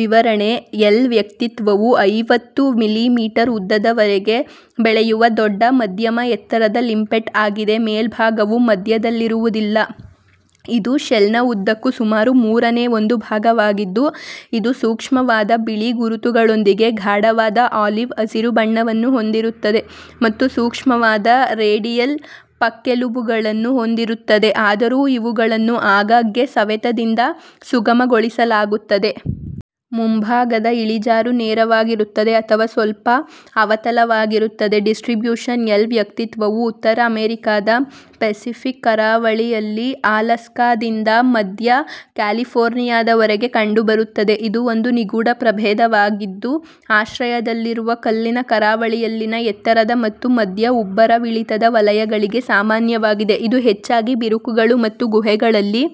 ವಿವರಣೆ ಎಲ್. ವ್ಯಕ್ತಿತ್ವವು ಐವತ್ತು ಮಿಲಿಮೀಟರ್ ಉದ್ದದವರೆಗೆ ಬೆಳೆಯುವ ದೊಡ್ಡ, ಮಧ್ಯಮ ಎತ್ತರದ ಲಿಂಪೆಟ್ ಆಗಿದೆ. ಮೇಲ್ಭಾಗವು ಮಧ್ಯದಲ್ಲಿರುವುದಿಲ್ಲ, ಇದು ಶೆಲ್ನ ಉದ್ದಕ್ಕೂ ಸುಮಾರು ಮೂರನೇ ಒಂದು ಭಾಗವಾಗಿದ್ದು, ಇದು ಸೂಕ್ಷ್ಮವಾದ ಬಿಳಿ ಗುರುತುಗಳೊಂದಿಗೆ ಗಾಢವಾದ ಆಲಿವ್-ಹಸಿರು ಬಣ್ಣವನ್ನು ಹೊಂದಿರುತ್ತದೆ ಮತ್ತು ಸೂಕ್ಷ್ಮವಾದ ರೇಡಿಯಲ್ ಪಕ್ಕೆಲುಬುಗಳನ್ನು ಹೊಂದಿರುತ್ತದೆ, ಆದರೂ ಇವುಗಳನ್ನು ಆಗಾಗ್ಗೆ ಸವೆತದಿಂದ ಸುಗಮಗೊಳಿಸಲಾಗುತ್ತದೆ. ಮುಂಭಾಗದ ಇಳಿಜಾರು ನೇರವಾಗಿರುತ್ತದೆ ಅಥವಾ ಸ್ವಲ್ಪ ಅವತಲವಾಗಿರುತ್ತದೆ. Distribution L. ವ್ಯಕ್ತಿತ್ವವು ಉತ್ತರ ಅಮೆರಿಕಾದ ಪೆಸಿಫಿಕ್ ಕರಾವಳಿಯಲ್ಲಿ ಅಲಾಸ್ಕಾದಿಂದ ಮಧ್ಯ ಕ್ಯಾಲಿಫೋರ್ನಿಯಾದವರೆಗೆ ಕಂಡುಬರುತ್ತದೆ. ಇದು ಒಂದು ನಿಗೂಢ ಪ್ರಭೇದವಾಗಿದ್ದು, ಆಶ್ರಯದಲ್ಲಿರುವ ಕಲ್ಲಿನ ಕರಾವಳಿಯಲ್ಲಿನ ಎತ್ತರದ ಮತ್ತು ಮಧ್ಯ-ಉಬ್ಬರವಿಳಿತದ ವಲಯಗಳಿಗೆ ಸಾಮಾನ್ಯವಾಗಿದೆ. ಇದು ಹೆಚ್ಚಾಗಿ ಬಿರುಕುಗಳು ಮತ್ತು ಗುಹೆಗಳಲ್ಲಿ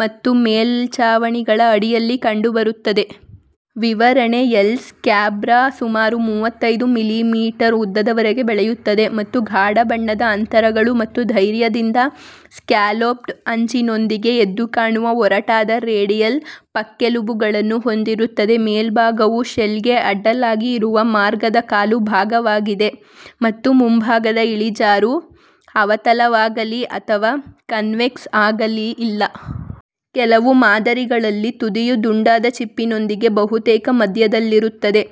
ಮತ್ತು ಮೇಲ್ಛಾವಣಿಗಳ ಅಡಿಯಲ್ಲಿ ಕಂಡುಬರುತ್ತದೆ. ವಿವರಣೆ ಎಲ್. ಸ್ಕ್ಯಾಬ್ರಾ ಸುಮಾರು ಮೂವತ್ತೈದು ಮಿಲಿಮೀಟರ್ ಉದ್ದದವರೆಗೆ ಬೆಳೆಯುತ್ತದೆ ಮತ್ತು ಗಾಢ ಬಣ್ಣದ ಅಂತರಗಳು ಮತ್ತು ಧೈರ್ಯದಿಂದ ಸ್ಕ್ಯಾಲೋಪ್ಡ್ ಅಂಚಿನೊಂದಿಗೆ ಎದ್ದುಕಾಣುವ ಒರಟಾದ ರೇಡಿಯಲ್ ಪಕ್ಕೆಲುಬುಗಳನ್ನು ಹೊಂದಿರುತ್ತದೆ. ಮೇಲ್ಭಾಗವು ಶೆಲ್ಗೆ ಅಡ್ಡಲಾಗಿ ಇರುವ ಮಾರ್ಗದ ಕಾಲು ಭಾಗವಾಗಿದೆ ಮತ್ತು ಮುಂಭಾಗದ ಇಳಿಜಾರು ಅವತಲವಾಗಲೀ ಅಥವಾ ಕನ್ವೆಕ್ಸ್ ಆಗಲೀ ಇಲ್ಲ. ಕೆಲವು ಮಾದರಿಗಳಲ್ಲಿ ತುದಿಯು ದುಂಡಾದ ಚಿಪ್ಪಿನೊಂದಿಗೆ ಬಹುತೇಕ ಮಧ್ಯದಲ್ಲಿರುತ್ತದೆ.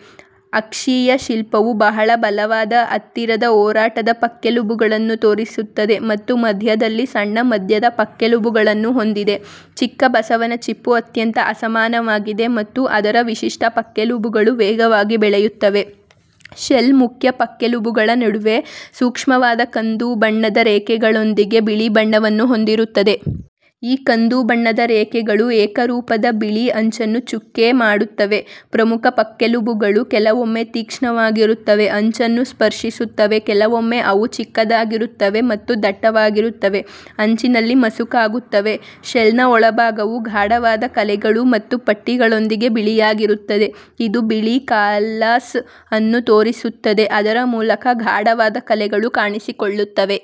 ಅಕ್ಷೀಯ ಶಿಲ್ಪವು ಬಹಳ ಬಲವಾದ, ಹತ್ತಿರದ, ಒರಟಾದ ಪಕ್ಕೆಲುಬುಗಳನ್ನು ತೋರಿಸುತ್ತದೆ ಮತ್ತು ಮಧ್ಯದಲ್ಲಿ ಸಣ್ಣ ಮಧ್ಯದ ಪಕ್ಕೆಲುಬುಗಳನ್ನು ಹೊಂದಿದೆ. ಚಿಕ್ಕ ಬಸವನ ಚಿಪ್ಪು ಅತ್ಯಂತ ಅಸಮಾನವಾಗಿದೆ ಮತ್ತು ಅದರ ವಿಶಿಷ್ಟ ಪಕ್ಕೆಲುಬುಗಳು ವೇಗವಾಗಿ ಬೆಳೆಯುತ್ತವೆ. ಶೆಲ್ ಮುಖ್ಯ ಪಕ್ಕೆಲುಬುಗಳ ನಡುವೆ ಸೂಕ್ಷ್ಮವಾದ ಕಂದು ಬಣ್ಣದ ರೇಖೆಗಳೊಂದಿಗೆ ಬಿಳಿ ಬಣ್ಣವನ್ನು ಹೊಂದಿರುತ್ತದೆ. ಈ ಕಂದು ಬಣ್ಣದ ರೇಖೆಗಳು ಏಕರೂಪದ ಬಿಳಿ ಅಂಚನ್ನು ಚುಕ್ಕೆ ಮಾಡುತ್ತವೆ. ಪ್ರಮುಖ ಪಕ್ಕೆಲುಬುಗಳು ಕೆಲವೊಮ್ಮೆ ತೀಕ್ಷ್ಣವಾಗಿರುತ್ತವೆ, ಅಂಚನ್ನು ಸ್ಪರ್ಶಿಸುತ್ತವೆ. ಕೆಲವೊಮ್ಮೆ ಅವು ಚಿಕ್ಕದಾಗಿರುತ್ತವೆ ಮತ್ತು ದಟ್ಟವಾಗಿರುತ್ತವೆ, ಅಂಚಿನಲ್ಲಿ ಮಸುಕಾಗುತ್ತವೆ. ಶೆಲ್ನ ಒಳಭಾಗವು ಗಾಢವಾದ ಕಲೆಗಳು ಮತ್ತು ಪಟ್ಟಿಗಳೊಂದಿಗೆ ಬಿಳಿಯಾಗಿರುತ್ತದೆ. ಇದು ಬಿಳಿ ಕಾಲ್ಲಸ್ ಅನ್ನು ತೋರಿಸುತ್ತದೆ, ಅದರ ಮೂಲಕ ಗಾಢವಾದ ಕಲೆಗಳು ಕಾಣಿಸಿಕೊಳ್ಳುತ್ತವೆ.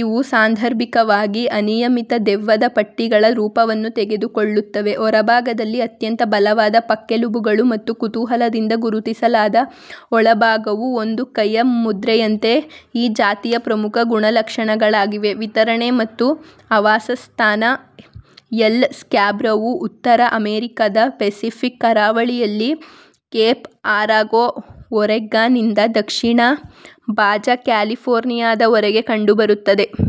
ಇವು ಸಾಂದರ್ಭಿಕವಾಗಿ ಅನಿಯಮಿತ ದೆವ್ವದ ಪಟ್ಟಿಗಳ ರೂಪವನ್ನು ತೆಗೆದುಕೊಳ್ಳುತ್ತವೆ. ಹೊರಭಾಗದಲ್ಲಿ ಅತ್ಯಂತ ಬಲವಾದ ಪಕ್ಕೆಲುಬುಗಳು ಮತ್ತು ಕುತೂಹಲದಿಂದ ಗುರುತಿಸಲಾದ ಒಳಭಾಗವು, ಒಂದು ಕೈಯ ಮುದ್ರೆಯಂತೆ, ಈ ಜಾತಿಯ ಪ್ರಮುಖ ಗುಣಲಕ್ಷಣಗಳಾಗಿವೆ. ವಿತರಣೆ ಮತ್ತು ಆವಾಸಸ್ಥಾನ ಎಲ್. ಸ್ಕ್ಯಾಬ್ರಾವು ಉತ್ತರ ಅಮೆರಿಕದ ಪೆಸಿಫಿಕ್ ಕರಾವಳಿಯಲ್ಲಿ ಕೇಪ್ ಅರಾಗೊ, ಒರೆಗಾನ್ನಿಂದ ದಕ್ಷಿಣ ಬಾಜಾ ಕ್ಯಾಲಿಫೋರ್ನಿಯಾದವರೆಗೆ ಕಂಡುಬರುತ್ತದೆ.